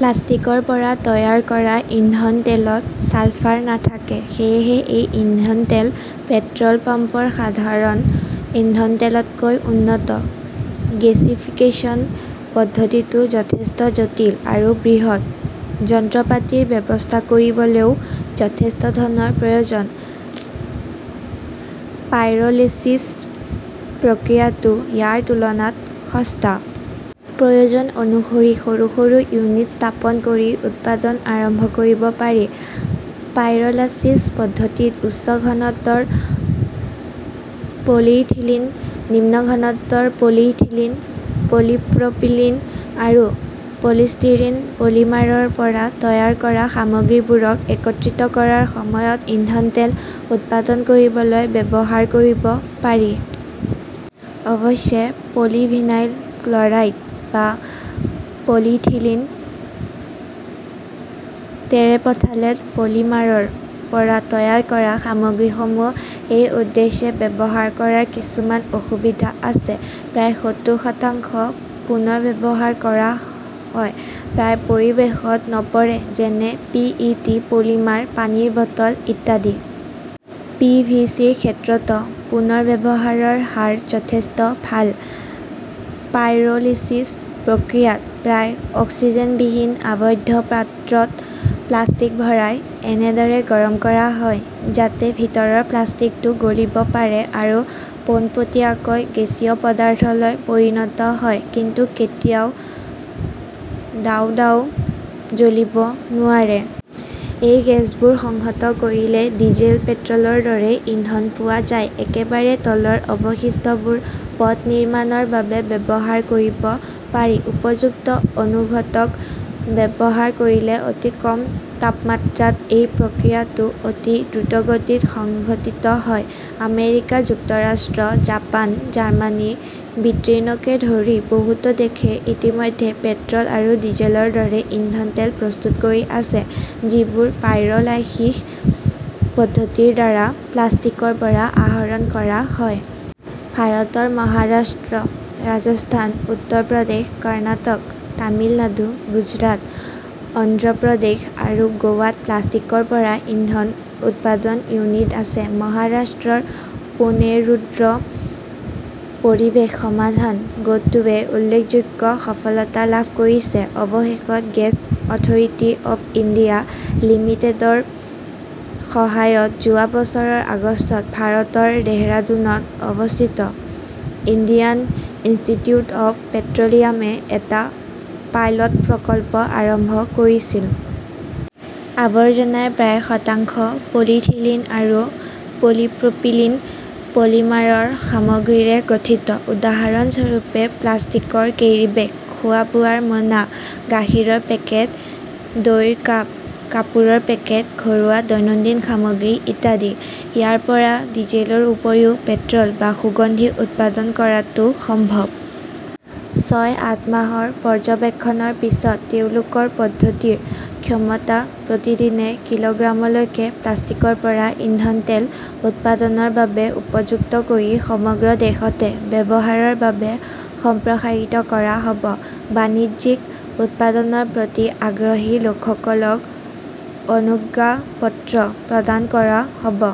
প্লাষ্টিকৰ পৰা তৈয়াৰ কৰা ইন্ধন তেলত ছালফাৰ নাথাকে। সেয়েহে এই ইন্ধন তেল পেট্ৰল পাম্পৰ সাধাৰণ ইন্ধন তেলতকৈ উন্নত। গেছিফিকেচন পদ্ধতিটো যথেষ্ট জটিল আৰু বৃহৎ। যন্ত্ৰপাতিৰ ব্যৱস্থা কৰিবলৈও যথেষ্ট ধনৰ প্ৰয়োজন। পাইৰোলিছিছ প্ৰক্ৰিয়াটো ইয়াৰ তুলনাত সস্তা। প্ৰয়োজন অনুসৰি সৰু- সৰু ইউনিট স্থাপন কৰি উৎপাদন আৰম্ভ কৰিব পাৰি। পাইৰোলাচিছ পদ্ধতিত উচ্চ ঘনত্বৰ পলিইথিলিন, নিম্ন ঘনত্বৰ পলিইথিলিন, পলিপ্ৰপিলিন আৰু পলিষ্টিৰিন পলিমাৰৰ পৰা তৈয়াৰ কৰা সামগ্ৰীবোৰক একত্ৰিত কৰাৰ সময়ত ইন্ধন তেল উৎপাদন কৰিবলৈ ব্যৱহাৰ কৰিব পাৰি। অৱশ্যে পলিভিনাইল ক্লৰাইড বা পলিইথিলিন টেৰেপথালেট পলিমাৰৰ পৰা তৈয়াৰ কৰা সামগ্ৰীসমূহ এই উদ্দেশ্যে ব্যৱহাৰ কৰাৰ কিছুমান অসুবিধা আছে। প্ৰায় সত্তৰ শতাংশ পুনৰ্ব্যৱহাৰ কৰা হয়, প্ৰায় পৰিৱেশত নপৰে। যেনে পি. ই. টি. পলিমাৰ, পানীৰ বটল ইত্যাদি। পি. ভি. চি. -ৰ ক্ষেত্ৰতো পুনৰ্ব্যৱহাৰৰ হাৰ যথেষ্ট ভাল। পাইৰোলিছিছ প্ৰক্ৰিয়াত প্ৰায় অক্সিজেনবিহীন আবদ্ধ পাত্ৰত প্লাষ্টিক ভৰাই এনেদৰে গৰম কৰা হয় যাতে ভিতৰৰ প্লাষ্টিকটো গলিব পাৰে আৰু পোনপটীয়াকৈ গেছীয় পদাৰ্থলৈ পৰিণত হয়। কিন্তু কেতিয়াও দাউদাও জ্বলিব নোৱাৰে। এই গেছবোৰ সংহত কৰিলে ডিজেল, পেট্ৰলৰ দৰে ইন্ধন পোৱা যায় একেবাৰে তলৰ অৱশিষ্টবোৰ পথ নিৰ্মাণৰ বাবে ব্যৱহাৰ কৰিব পাৰি। উপযুক্ত অনুঘটক ব্যৱহাৰ কৰিলে অতি কম তাপমাত্ৰাত এই প্ৰক্ৰিয়াটো অতি দ্ৰুতগতিত সংঘটিত হয়। আমেৰিকা যুক্তৰাষ্ট্ৰ, জাপান, জাৰ্মানী, ব্ৰিটেইনকে ধৰি বহুতো দেশে ইতিমধ্যে পেট্ৰল আৰু ডিজেলৰ দৰে ইন্ধন তেল প্ৰস্তুত কৰি আছে, যিবোৰ পাইৰ লাইসিস পদ্ধতিৰ দ্বাৰা প্লাষ্টিকৰ পৰা আহৰণ কৰা হয়। ভাৰতৰ মহাৰাষ্ট্ৰ, ৰাজস্থান, উত্তৰ প্ৰদেশ, কৰ্ণাটক, তামিলনাডু, গুজৰাট, অন্ধ্ৰ প্ৰদেশ আৰু গোৱাত প্লাষ্টিকৰ পৰা ইন্ধন উৎপাদন ইউনিট আছে। মহাৰাষ্ট্ৰৰ পুনেৰ ৰুদ্ৰ পৰিৱেশ সমাধান গোটটোৱে উল্লেখযোগ্য সফলতা লাভ কৰিছে। অৱশেষত গেছ অথৰিটি অৱ ইণ্ডিয়া লিমিটেডৰ সহায়ত যোৱা বছৰৰ আগষ্টত ভাৰতৰ দেহৰাদুনত অৱস্থিত ইণ্ডিয়ান ইনষ্টিটিউট অৱ পেট্ৰলিয়ামে এটা পাইলট প্ৰকল্প আৰম্ভ কৰিছিল। আবৰ্জনাৰ প্ৰায় শতাংশ পলিইথিলিন আৰু পলিপ্ৰপিলিন পলিমাৰৰ সামগ্ৰীৰে গঠিত। উদাহৰণস্বৰূপে, প্লাষ্টিকৰ কেৰীবেগ, খোৱা-বোৱাৰ মোনা, গাখীৰৰ পেকেট, দইৰ কাপ, কাপোৰৰ পেকেট, ঘৰুৱা দৈনন্দিন সামগ্ৰী ইত্যাদি। ইয়াৰ পৰা ডিজেলৰ উপৰিও পেট্ৰল বা সুগন্ধি উৎপাদন কৰাটো সম্ভৱ। ছয়-আঠ মাহৰ পৰ্যবেক্ষণৰ পিছত তেওঁলোকৰ পদ্ধতিৰ ক্ষমতা প্ৰতিদিনে কিলোগ্ৰামলৈকে প্লাষ্টিকৰ পৰা ইন্ধন তেল উৎপাদনৰ বাবে উপযুক্ত কৰি সমগ্ৰ দেশতে ব্যৱহাৰৰ বাবে সম্প্ৰসাৰিত কৰা হ 'ব। বাণিজ্যিক উৎপাদনৰ প্ৰতি আগ্ৰহী লোকসকলক অনুজ্ঞাপত্ৰ প্ৰদান কৰা হ'ব।